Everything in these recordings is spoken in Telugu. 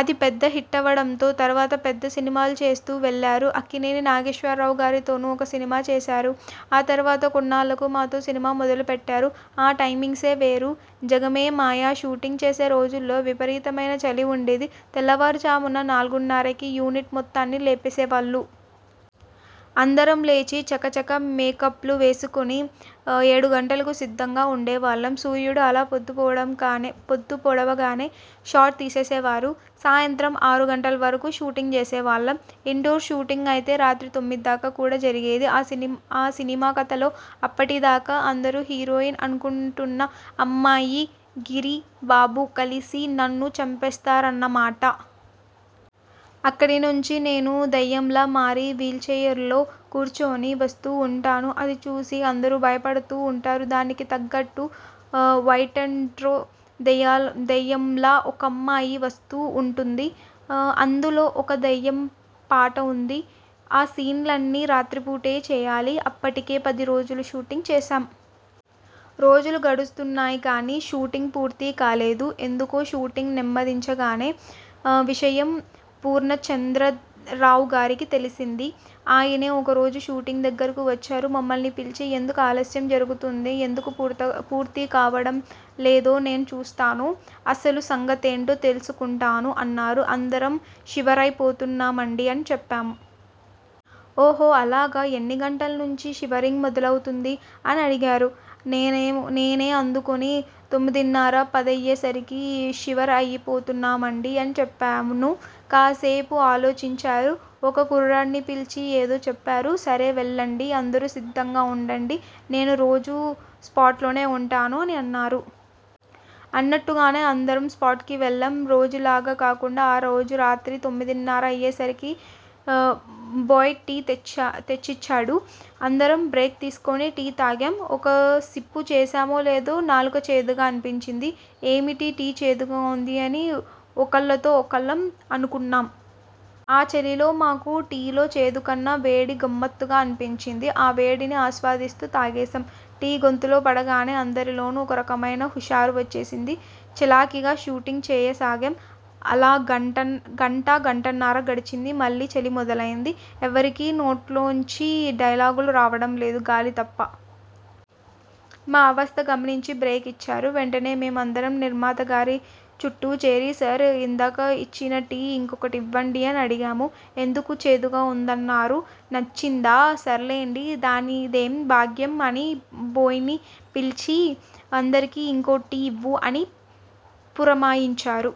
అది పెద్ద హిట్టవడంతో తర్వాత పెద్ద సినిమాలు చేస్తూ వెళ్లారు. అక్కినేని నాగేశ్వరరావుగారితోనూ ఒక సినిమా చేశారు. ఆ తర్వాత కొన్నాళ్లకు మాతో సినిమా మొదలుపెట్టారు. ఆ టైమింగ్సే వేరు! 'జగమే మాయ' షూటింగ్ చేసే రోజుల్లో విపరీతమైన చలి ఉండేది. తెల్లారుజామున నాలుగున్నరకి యూనిట్ మొత్తాన్ని లేపేసేవాళ్లు. అందరం లేచి, చకచకా మేకప్లు వేసుకుని, ఏడుగంటలకు సిద్ధంగా ఉండేవాళ్లం. సూర్యుడు అలా పొద్దుపొడవగానే షాట్ తీసేసేవారు. సాయంత్రం ఆరు గంటల వరకు షూటింగ్ చేసేవాళ్లం. ఇండోర్ షూటింగ్ అయితే రాత్రి తొమ్మిదిదాకా కూడా జరిగేది. ఆ సినిమాకథలో, అప్పటిదాకా అందరూ హీరోయిన్ అనుకుంటున్న అమ్మాయీ, గిరిబాబూ కలిసి నన్ను చంపేస్తారన్నమాట. అక్కడినుంచి నేను దెయ్యంలా మారి వీల్చెయిర్లో కూర్చుని వస్తూ ఉంటాను. అదిచూసి అందరూ భయపడుతూ ఉంటారు. దానికి తగ్గట్టు వైట్డ్రస్లో దెయ్యంలా ఒకమ్మాయి వస్తూ ఉంటుంది. అందులో ఓ దెయ్యం పాట ఉంది. ఆ సీన్లన్నీ రాత్రిపూటే చేయాలి. అప్పటికే పది రోజులు షూటింగ్ చేశాం. రోజులు గడుస్తున్నాయిగానీ, షూటింగ్ పూర్తి కాలేదు. ఎందుకో షూటింగ్ నెమ్మదించిందనే విషయం పూర్ణచంద్రరావుగారికి తెలిసింది. ఆయనే ఒకరోజు షూటింగ్ దగ్గరకు వచ్చారు. మమ్మల్ని పిలిచి 'ఎందుకు ఆలస్యం జరుగుతోంది? ఎందుకు పూర్తికావడం లేదో నేనూ చూస్తాను. అసలుసంగతేంటో తెలుసుకుంటాను' అన్నారు. 'అందరం షివరైపోతున్నామండీ' అని చెప్పాం. 'ఓహో అలాగా! ఎన్నిగంటలనుంచి షివరింగ్ మొదలవుతుంది? ' అని అడిగారు. నేనే అందుకుని 'తొమ్మిదిన్నర, పదయ్యేసరికి షివర్ అయిపోతున్నామండీ' అని చెప్పాను. కాసేపు ఆలోచించారు. ఒక కుర్రాడిని పిలిచి ఏదో చెప్పారు. 'సరే వెళ్లండి, అందరూ సిద్ధంగా ఉండండి. నేనూ ఈరోజు స్పాట్లోనే ఉంటాను'' అన్నారు. అన్నట్టుగానే అందరం స్పాట్కి వెళ్లాం. రోజూలాగా కాకుండా, ఆ రోజురాత్రి తొమ్మిదిన్నర అయ్యేసరికి బోయ్ టీ తెచ్చిచ్చాడు. అందరం బ్రేక్ తీసుకుని టీ తాగాం. ఒక సిప్పు చేశామో లేదో, నాలుక చేదుగా అనిపించింది. 'ఏమిటి? టీ చేదుగా ఉంది' అని ఒకళ్లతో ఒకళ్లం అనుకున్నాం. ఆ చలిలో మాకు టీ లో చేదుకన్నా వేడి గమ్మత్తుగా అనిపించింది. ఆ వేడిని ఆస్వాదిస్తూ తాగేశాం. టీ గొంతులో పడగానే అందరిలోనూ ఒక రకమైన హుషారు వచ్చేసింది. చలాకీగా షూటింగ్ చేయసాగాం. అలా గంటా, గంటన్నర గడిచింది. మళ్లీ చలి మొదలైంది. ఎవరికీ నోట్లోంచి డైలాగులు రావడం లేదు, గాలి తప్ప! మా అవస్త గమనించి బ్రేక్ ఇచ్చారు. వెంటనే మేం అందరం నిర్మాతగారి చుట్టూజేరి 'సార్ ఇందాక ఇచ్చిన టీ ఇంకోటివ్వండి' అని అడిగాం. 'ఎందుకు చేదుగా ఉందన్నారు? నచ్చిందా? సర్లేండి. దానిదేం భాగ్యం' అని బోయ్ని పిలిచి 'అందరికీ ఇంకో టీ ఇవ్వు' అని పురమాయించారు.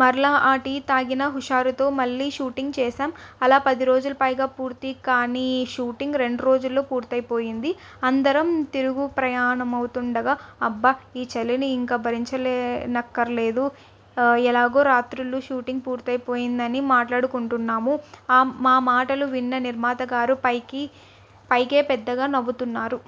మరలా ఆ టీ తాగిన హుషారుతో మళ్ళీ షూటింగ్ చేశాం. అలా పదిరోజులు పైగా పూర్తి కాని షూటింగ్ రెండురోజుల్లో పూర్తైపోయింది. అందరం తిరుగుప్రయాణమవుతుండగా, 'అబ్బా! ఈ చలిని ఇంక భరించనక్కర్లేదు. ఎలాగో రాత్రుళ్లు షూటింగ్ పూర్తైపోయింది' అని మాట్లాడుకుంటున్నాం. మా మాటలు విన్న నిర్మాతగారు పైకే పెద్దగా నవ్వుతున్నారు.